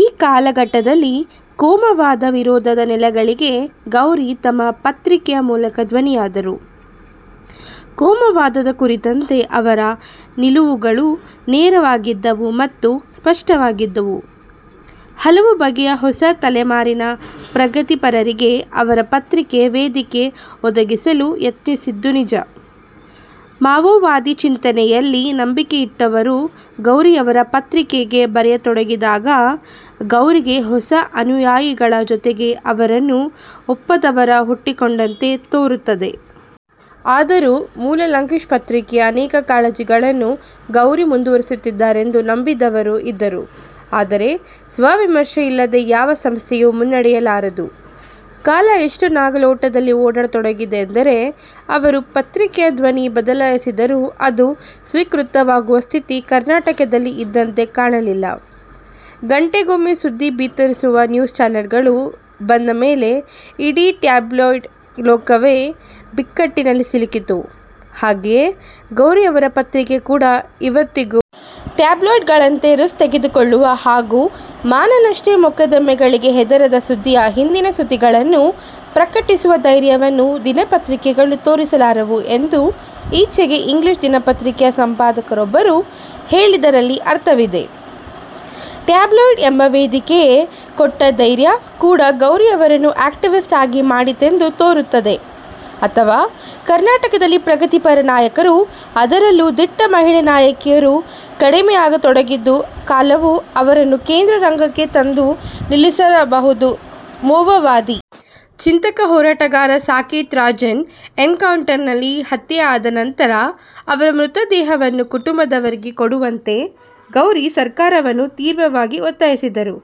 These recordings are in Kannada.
ಈ ಕಾಲಘಟ್ಟದಲ್ಲಿ ಕೋಮುವಾದ ವಿರೋಧದ ನೆಲೆಗಳಿಗೆ ಗೌರಿ ತಮ್ಮ ಪತ್ರಿಕೆಯ ಮೂಲಕ ಧ್ವನಿಯಾದರು. ಕೋಮುವಾದದ ಕುರಿತಂತೆ ಅವರ ನಿಲುವುಗಳು ನೇರವಾಗಿದ್ದವು ಮತ್ತು ಸ್ಪಷ್ಟವಾಗಿದ್ದವು. ಹಲವು ಬಗೆಯ ಹೊಸ ತಲೆಮಾರಿನ ಪ್ರಗತಿಪರರಿಗೆ ಅವರ ಪತ್ರಿಕೆ ವೇದಿಕೆ ಒದಗಿಸಲು ಯತ್ನಿಸಿದ್ದು ನಿಜ. ಮಾವೋವಾದಿ ಚಿಂತನೆಯಲ್ಲಿ ನಂಬಿಕೆಯಿಟ್ಟವರು ಗೌರಿಯವರ ಪತ್ರಿಕೆಗೆ ಬರೆಯತೊಡಗಿದಾಗ, ಗೌರಿಗೆ ಹೊಸ ಅನುಯಾಯಿಗಳ ಜೊತೆಗೆ ಅವರನ್ನು ಒಪ್ಪದವರೂ ಹುಟ್ಟಿಕೊಂಡಂತೆ ತೋರುತ್ತದೆ. ಆದರೂ ಮೂಲ 'ಲಂಕೇಶ್ ಪತ್ರಿಕೆ'ಯ ಅನೇಕ ಕಾಳಜಿಗಳನ್ನು ಗೌರಿ ಮುಂದುವರಿಸುತ್ತಿದ್ದಾರೆಂದು ನಂಬಿದವರೂ ಇದ್ದರು. ಆದರೆ ಸ್ವವಿಮರ್ಶೆಯಿಲ್ಲದೆ ಯಾವ ಸಂಸ್ಥೆಯೂ ಮುನ್ನಡೆಯಲಾರದು. ಕಾಲ ಎಷ್ಟು ನಾಗಾಲೋಟದಲ್ಲಿ ಓಡತೊಡಗಿತ್ತೆಂದರೆ, ಅವರು ಪತ್ರಿಕೆಯ ಧ್ವನಿ ಬದಲಾಯಿಸಿದರೂ ಅದು ಸ್ವೀಕೃತವಾಗುವ ಸ್ಥಿತಿ ಕರ್ನಾಟಕದಲ್ಲಿ ಇದ್ದಂತೆ ಕಾಣಲಿಲ್ಲ. ಗಂಟೆಗೊಮ್ಮೆ ಸುದ್ದಿ ಬಿತ್ತರಿಸುವ ನ್ಯೂಸ್ ಚಾನೆಲ್‌ಗಳು ಬಂದ ಮೇಲೆ ಇಡೀ ಟ್ಯಾಬ್ಲಾಯ್ಡ್ ಲೋಕವೇ ಬಿಕ್ಕಟ್ಟಿನಲ್ಲಿ ಸಿಲುಕಿತು; ಹಾಗೆಯೇ ಗೌರಿಯವರ ಪತ್ರಿಕೆ ಕೂಡ."ಇವತ್ತಿಗೂ ಟ್ಯಾಬ್ಲಾಯ್ಡ್‌ಗಳಂತೆ ರಿಸ್ಕ್ ತೆಗೆದುಕೊಳ್ಳುವ ಹಾಗೂ ಮಾನನಷ್ಟ ಮೊಕದ್ದಮೆಗಳಿಗೆ ಹೆದರದೆ ಸುದ್ದಿಯ ಹಿಂದಿನ ಸುದ್ದಿಗಳನ್ನು ಪ್ರಕಟಿಸುವ ಧೈರ್ಯವನ್ನು ದಿನಪತ್ರಿಕೆಗಳು ತೋರಿಸಲಾರವು" ಎಂದು ಈಚೆಗೆ ಇಂಗ್ಲಿಷ್ ದಿನಪತ್ರಿಕೆಯ ಸಂಪಾದಕರೊಬ್ಬರು ಹೇಳಿದ್ದರಲ್ಲಿ ಅರ್ಥವಿದೆ. ಟ್ಯಾಬ್ಲಾಯ್ಡ್ ಎಂಬ ವೇದಿಕೆಯೇ ಕೊಟ್ಟ ಧೈರ್ಯ ಕೂಡ ಗೌರಿಯವರನ್ನು ಆಕ್ಟಿವಿಸ್ಟ್ ಆಗಿ ಮಾಡಿತೆಂದು ತೋರುತ್ತದೆ. ಅಥವಾ ಕರ್ನಾಟಕದಲ್ಲಿ ಪ್ರಗತಿಪರ ನಾಯಕರು, ಅದರಲ್ಲೂ ದಿಟ್ಟ ಮಹಿಳಾ ನಾಯಕಿಯರು ಕಡಿಮೆಯಾಗತೊಡಗಿದ ಕಾಲವೂ ಅವರನ್ನು ಕೇಂದ್ರ ರಂಗಕ್ಕೆ ತಂದು ನಿಲ್ಲಿಸಿರಬಹುದು. ಮಾವೋವಾದಿ ಚಿಂತಕ-ಹೋರಾಟಗಾರ ಸಾಕೇತ್ ರಾಜನ್ ಎನ್‌ಕೌಂಟರಿನಲ್ಲಿ ಹತ್ಯೆಯಾದ ನಂತರ ಅವರ ಮೃತದೇಹವನ್ನು ಕುಟುಂಬದವರಿಗೆ ಕೊಡುವಂತೆ ಗೌರಿ ಸರ್ಕಾರವನ್ನು ತೀವ್ರವಾಗಿ ಒತ್ತಾಯಿಸಿದರು.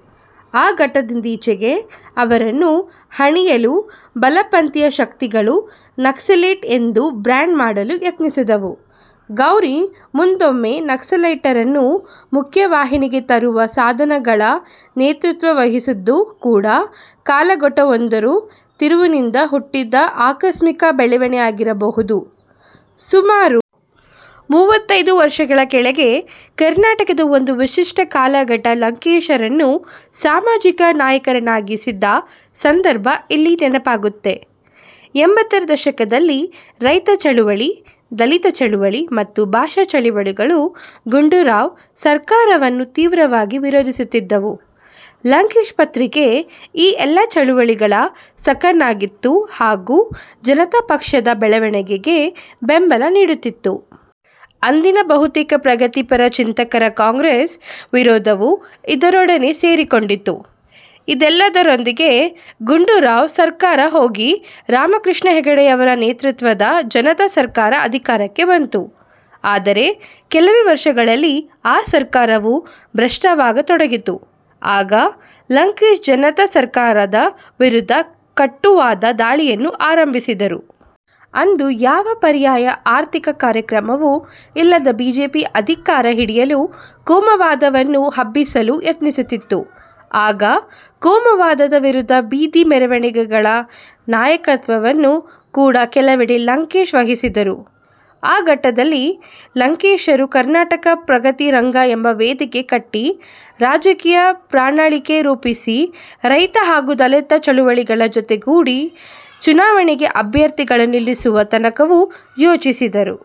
ಆ ಘಟ್ಟದಿಂದೀಚೆಗೆ ಅವರನ್ನು ಹಣಿಯಲು ಬಲಪಂಥೀಯ ಶಕ್ತಿಗಳು 'ನಕ್ಸಲೈಟ್' ಎಂದು ಬ್ರ್ಯಾಂಡ್ ಮಾಡಲು ಯತ್ನಿಸಿದವು. ಗೌರಿ ಮುಂದೊಮ್ಮೆ ನಕ್ಸಲೈಟರನ್ನು ಮುಖ್ಯವಾಹಿನಿಗೆ ತರುವ ಸಂಧಾನಗಳ ನೇತೃತ್ವ ವಹಿಸಿದ್ದು ಕೂಡ ಕಾಲಘಟ್ಟವೊಂದರ ತಿರುವಿನಿಂದ ಹುಟ್ಟಿದ ಆಕಸ್ಮಿಕ ಬೆಳವಣಿಗೆಯಾಗಿರಬಹುದು. ಸುಮಾರು ಮೂವತ್ತೈದು ವರ್ಷಗಳ ಕೆಳಗೆ ಕರ್ನಾಟಕದ ಒಂದು ವಿಶಿಷ್ಟ ಕಾಲಘಟ್ಟ ಲಂಕೇಶರನ್ನು ಸಾಮಾಜಿಕ ನಾಯಕನ್ನಾಗಿಸಿದ ಸಂದರ್ಭ ಇಲ್ಲಿ ನೆನಪಾಗುತ್ತದೆ. ಎಂಬತ್ತರ ದಶಕದಲ್ಲಿ ರೈತ ಚಳವಳಿ, ದಲಿತ ಚಳವಳಿ ಮತ್ತು ಭಾಷಾ ಚಳವಳಿಗಳು ಗುಂಡೂರಾವ್ ಸರ್ಕಾರವನ್ನು ತೀವ್ರವಾಗಿ ವಿರೋಧಿಸುತ್ತಿದ್ದವು; 'ಲಂಕೇಶ್ ಪತ್ರಿಕೆ' ಈ ಎಲ್ಲಾ ಚಳವಳಿಗಳ ಸಖನಾಗಿತ್ತು ಹಾಗೂ ಜನತಾ ಪಕ್ಷದ ಬೆಳವಣಿಗೆಗೆ ಬೆಂಬಲ ನೀಡುತ್ತಿತ್ತು. ಅಂದಿನ ಬಹುತೇಕ ಪ್ರಗತಿಪರ ಚಿಂತಕರ ಕಾಂಗ್ರೆಸ್ ವಿರೋಧವೂ ಇದರೊಡನೆ ಸೇರಿಕೊಂಡಿತ್ತು. ಇದೆಲ್ಲದರಿಂದಾಗಿ ಗುಂಡೂರಾವ್ ಸರ್ಕಾರ ಹೋಗಿ, ರಾಮಕೃಷ್ಣ ಹೆಗಡೆಯವರ ನೇತೃತ್ವದ ಜನತಾ ಸರ್ಕಾರ ಅಧಿಕಾರಕ್ಕೆ ಬಂತು. ಆದರೆ ಕೆಲವೇ ವರ್ಷಗಳಲ್ಲಿ ಆ ಸರ್ಕಾರವೂ ಭ್ರಷ್ಟವಾಗತೊಡಗಿತು. ಆಗ ಲಂಕೇಶ್ ಜನತಾ ಸರ್ಕಾರದ ವಿರುದ್ಧ ಕಟುವಾದ ದಾಳಿಯನ್ನು ಆರಂಭಿಸಿದರು. ಅಂದು ಯಾವ ಪರ್ಯಾಯ ಆರ್ಥಿಕ ಕಾರ್ಯಕ್ರಮವೂ ಇಲ್ಲದ ಬಿಜೆಪಿ ಅಧಿಕಾರ ಹಿಡಿಯಲು ಕೋಮುವಾದವನ್ನು ಹಬ್ಬಿಸಲು ಯತ್ನಿಸುತ್ತಿತ್ತು. ಆಗ ಕೋಮುವಾದದ ವಿರುದ್ಧ ಬೀದಿ ಮೆರವಣಿಗೆಗಳ ನಾಯಕತ್ವವನ್ನು ಕೂಡ ಕೆಲವೆಡೆ ಲಂಕೇಶ್ ವಹಿಸಿದ್ದರು. ಆ ಘಟ್ಟದಲ್ಲಿ ಲಂಕೇಶರು 'ಕರ್ನಾಟಕ ಪ್ರಗತಿ ರಂಗ' ಎಂಬ ವೇದಿಕೆ ಕಟ್ಟಿ, ರಾಜಕೀಯ ಪ್ರಣಾಳಿಕೆ ರೂಪಿಸಿ, ರೈತ ಹಾಗೂ ದಲಿತ ಚಳವಳಿಗಳ ಜೊತೆಗೂಡಿ ಚುನಾವಣೆಗೆ ಅಭ್ಯರ್ಥಿಗಳನ್ನು ನಿಲ್ಲಿಸುವ ತನಕವೂ ಯೋಚಿಸಿದರು.